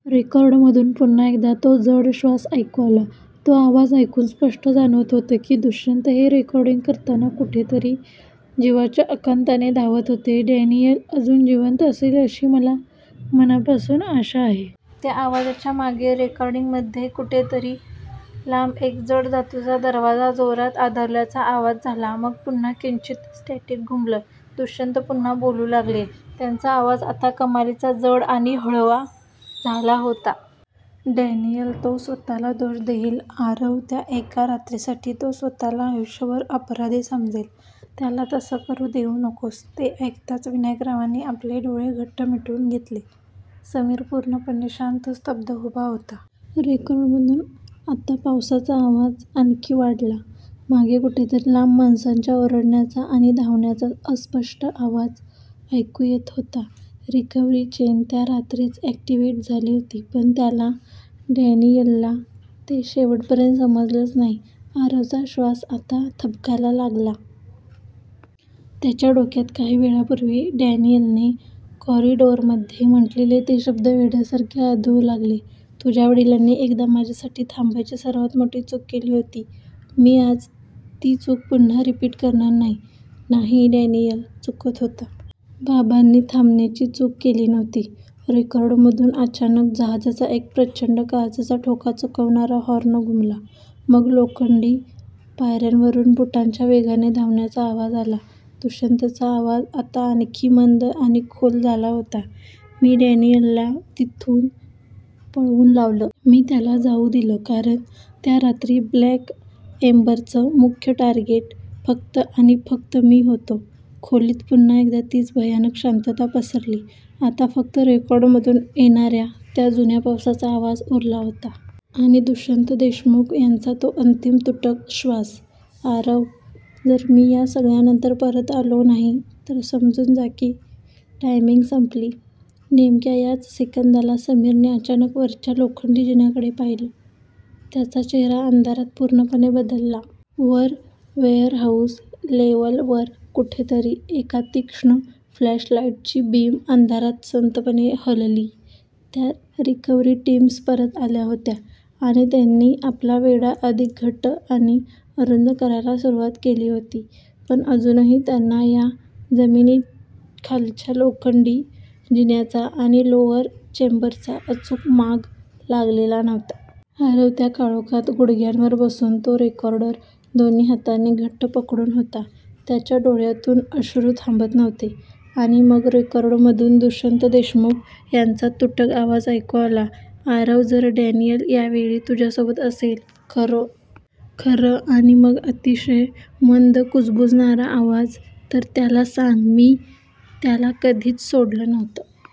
रेकॉर्डरमधून पुन्हा एकदा तो जड श्वास ऐकू आला. तो आवाज ऐकून स्पष्ट जाणवत होतं की, दुष्यंत हे रेकॉर्डिंग करताना कुठेतरी जीवाच्या अकांताने धावत होते. "डॅनियल अजून जिवंत असेल, अशी मला मनापासून आशा आहे. " त्या आवाजाच्या मागे, रेकॉर्डिंगमध्ये कुठेतरी लांब एक जड धातूचा दरवाजा जोरात आदळल्याचा आवाज झाला. मग पुन्हा किंचित स्टॅटिक घुमलं. दुष्यंत पुन्हा बोलू लागले. त्यांचा आवाज आत्ता कमालीचा जड आणि हळवा झाला होता. "डॅनियल, तो स्वतःला दोष देईल, आरव, त्या एका रात्रीसाठी तो स्वतःला आयुष्यभर अपराधी समजेल. त्याला तसं करू देऊ नकोस. " ते ऐकताच विनायकरावांनी आपले डोळे घट्ट मिटून घेतले. समीर पूर्णपणे शांत, स्तब्ध उभा होता. रेकॉर्डरमधून आता पावसाचा आवाज आणखी वाढला. मागे कुठेतरी लांब माणसांच्या ओरडण्याचा आणि धावण्याचा अस्पष्ट आवाज ऐकू येत होता. "रिकव्हरी चेन त्या रात्रीच अॅक्टिव्हेट झाली होती. पण त्याला, डॅनियलला ते शेवटपर्यंत समजलंच नाही. " आरवचा श्वास आता थबकायला लागला. त्याच्या डोक्यात काही वेळापूर्वी डॅनियलने कॉरिडॉरमध्ये म्हटलेले ते शब्द वेड्यासारखे आदळू लागले, "तुझ्या वडिलांनी एकदा माझ्यासाठी थांबायची सर्वात मोठी चूक केली होती... मी आज ती चूक पुन्हा रिपीट करणार नाही. " नाही. डॅनियल चुकत होता. बाबांनी थांबण्याची चूक केली नव्हती. रेकॉर्डरमधून अचानक जहाजाचा एक प्रचंड, काळजाचा ठोका चुकवणारा हॉर्न घुमला. मग लोखंडी पायऱ्यांवरून बुटांच्या वेगाने धावण्याचा आवाज आला. दुष्यंतचा आवाज आता आणखी मंद आणि खोल झाला होता. "मी डॅनियलला तिथून पळवून लावलं. मी त्याला जाऊ दिलं, कारण त्या रात्री ब्लॅक एम्बरचं मुख्य टार्गेट फक्त आणि फक्त मी होतो. " खोलीत पुन्हा एकदा तीच भयानक शांतता पसरली. आता फक्त रेकॉर्डरमधून येणाऱ्या त्या जुन्या पावसाचा आवाज उरला होता. आणि दुष्यंत देशमुख यांचा तो अंतिम, तुटक श्वास. "आरव, जर मी या सगळ्यानंतर परत आलो नाही... तर समजून जा की 'टायमिंग' संपली. " नेमक्या याच सेकंदाला, समीरने अचानक वरच्या लोखंडी जिन्याकडे पाहिलं. त्याचा चेहरा अंधारात पूर्णपणे बदलला. वर वेअरहाऊस लेव्हलवर कुठेतरी एका तीक्ष्ण फ्लॅशलाईटची बीम अंधारात संथपणे हलली. त्या रिकव्हरी टीम्स परत आल्या होत्या आणि त्यांनी आपला वेढा अधिक घट्ट आणि अरुंद करायला सुरुवात केली होती. पण अजूनही त्यांना या जमिनीखालच्या लोखंडी जिन्याचा आणि 'लोअर चेंबर'चा अचूक माग लागलेला नव्हता. आरव त्या काळोखात गुडघ्यांवर बसून तो रेकॉर्डर दोन्ही हातांनी घट्ट पकडून होता. त्याच्या डोळ्यांतून अश्रू थांबत नव्हते. आणि मग रेकॉर्डरमधून दुष्यंत देशमुख यांचा तुटक आवाज ऐकू आला, "आरव जर डॅनियल यावेळी तुझ्यासोबत असेल ," खर्र... खर्र... आणि मग अतिशय मंद, कुजबुजणारा आवाज, " तर त्याला सांग, मी त्याला कधीच सोडलं नव्हतं.